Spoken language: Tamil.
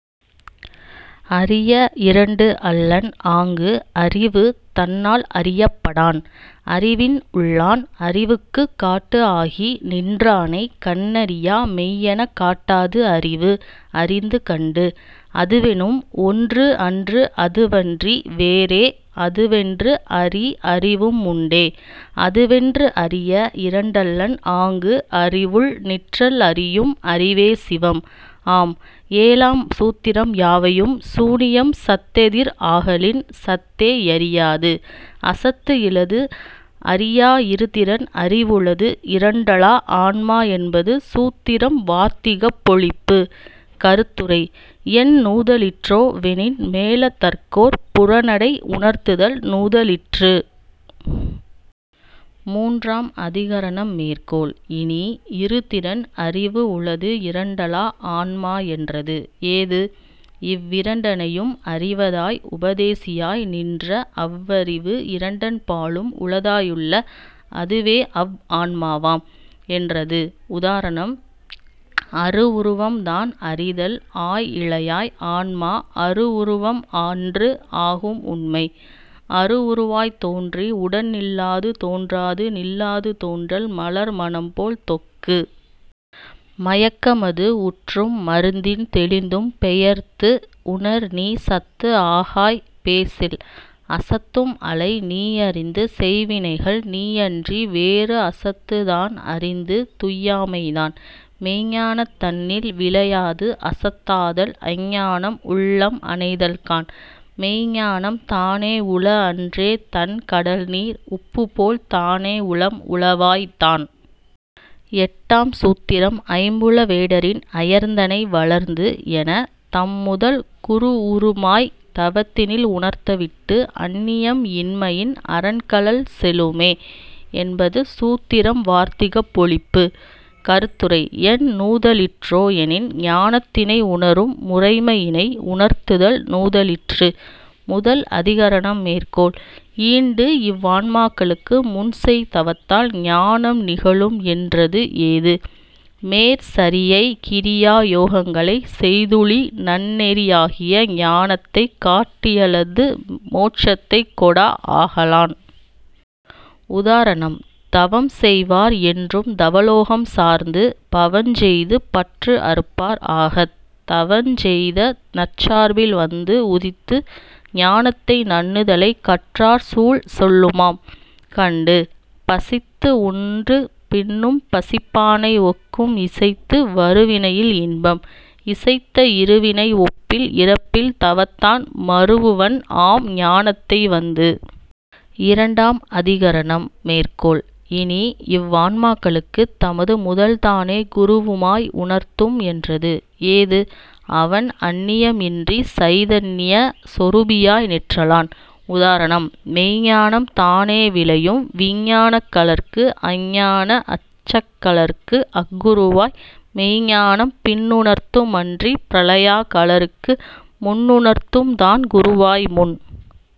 அறிய இரண்டு அல்லன், ஆங்கு அறிவு தன்னால் அறியப் படான், அறிவின் உள்ளான் -- அறிவுக்குக் காட்டு ஆகி நின்றானைக் கண்ணறியா மெய்யென்னக் காட்டாது அறிவு அறிந்து கண்டு. அதுவெனும் ஒன்றுஅன்று அதுவன்றி வேறே அதுவென்று அறி அறிவும் உண்டே--- அதுவென்று அறிய இரண்டல்லன் ஆங்கு அறிவுள் நிற்றல் அறியும் அறிவே சிவம் ஆம் ஏழாம் சூத்திரம் யாவையும் சூனியம் சத்துஎதிர் ஆகலின் சத்தே யறியாது அசத்துஇலது அறியா இருதிறன் அறிவுளது இரண்டலா ஆன்மா என்பது சூத்திரம் வார்த்திகப் பொழிப்பு: கருத்துரை: என் நுதலிற்றோ வெனின், மேலதற்கோர் புறனடை உணர்த்துதல் நுதலிற்று. மூன்றாம் அதிகரணம் மேற்கோள்: இனி, இருதிறன் அறிவு உளது இரண்டலா ஆன்மா என்றது. ஏது: இவ்விரண்டனையும் அறிவதாய் உபதேசியாய் நின்ற அவ்வறிவு இரண்டன் பாலும் உளதாயுள்ள அதுவேஅவ் ஆன்மாவாம் என்றது உதாரணம்: அரு உருவம் தான் அறிதல் ஆய் இழையாய் ஆன்மா அரு உருவம் அன்று ஆகும் உண்மை-- அரு உருவாய்த் தோன்றி உடன் நில்லாது தோன்றாது நில்லாது தோன்றல் மலர்மணம்போல் தொக்கு. மயக்கமது உற்றும் மருந்தின் தெளிந்தும் பெயர்த்து உணர் நீ சத்து ஆகாய் பேசில்-- அசத்தும் அலை நீ அறிந்து செய்வினைகள் நீ அன்றி வேறு அசத்துத் தான் அறிந்து துய்யாமை தான். மெய்ஞானந் தன்னில் விளையாது அசத்தாதல் அஞ்ஞானம் உள்ளம் அணைதல்காண்--- மெய்ஞ்ஞானம் தானே உள அன்றே தண் கடல்நீர் உப்புப்போல் தானே உளம் உளவாய்த் தான். எட்டாம் சூத்திரம் ஐம்புல வேடரின் அயர்ந்தனை வளர்ந்து எனத் தம்முதல் குருவுவுமாய்த் தவத்தினில் உணர்த்தவிட்டு அன்னியம் இன்மையின் அரன்கழல் செலுமே என்பது சூத்திரம் வார்த்திகப் பொழிப்பு கருத்துரை: என் நுதலிற்றோ எனின், ஞானத்தினை உணரும் முறைமையினை உணர்த்துதல் நுதலிற்று: முதல் அதிகரணம் மேற்கோள்: ஈண்டு இவ்வான்மாக்களுக்கு முன்செய் தவத்தால் ஞானம் நிகழும் என்றது ஏது: மேற் சரியை கிரியா யோகங்களை செய்துழி நன்னெறியாகிய ஞானத்தைக் காட்டியல்லது மோட்சத்தைக்கொடா ஆகலான். உதாரணம்: தவம்செய்வார் என்றும் தவலோகம் சார்ந்து பவஞ் செய்து பற்று அறுப்பார் ஆகத் -- தவஞ் செய்த நற்சார்பில் வந்து உதித்து ஞானத்தை நண்ணுதலைக் கற்றார்சூழ் சொல்லுமாம் கண்டு. பசித்து உண்டு பின்னும் பசிப்பானை ஒக்கும் இசைத்து வருவினையில் இன்பம் -- இசைத்த இருவினை ஒப்பில் இறப்பில் தவத்தான் மருவுவன் ஆம் ஞானத்தை வந்து.. இரண்டாம் அதிகரணம். மேற்கோள்: இனி, இவ் ஆன்மாக்களுக்கு தமதுமுதல் தானே குருவுமாய் உணர்த்தும் என்றது. ஏது: அவன் அன்னியம் இன்றிச் சைதன்னிய சொரூபியாய் நிற்றலான். உதாரணம்: மெய்ஞ்ஞானம் தானே விளையும் விஞ்ஞானகலர்க்கு அஞ்ஞான அச்சகலர்க்கு அக்குருவாய் -- மெய்ஞ்ஞானம் பின்னுணர்த்தும் அன்றிப் பிரளயா கலருக்கு முன்னுணர்த்தும் தான் குருவாய் முன்.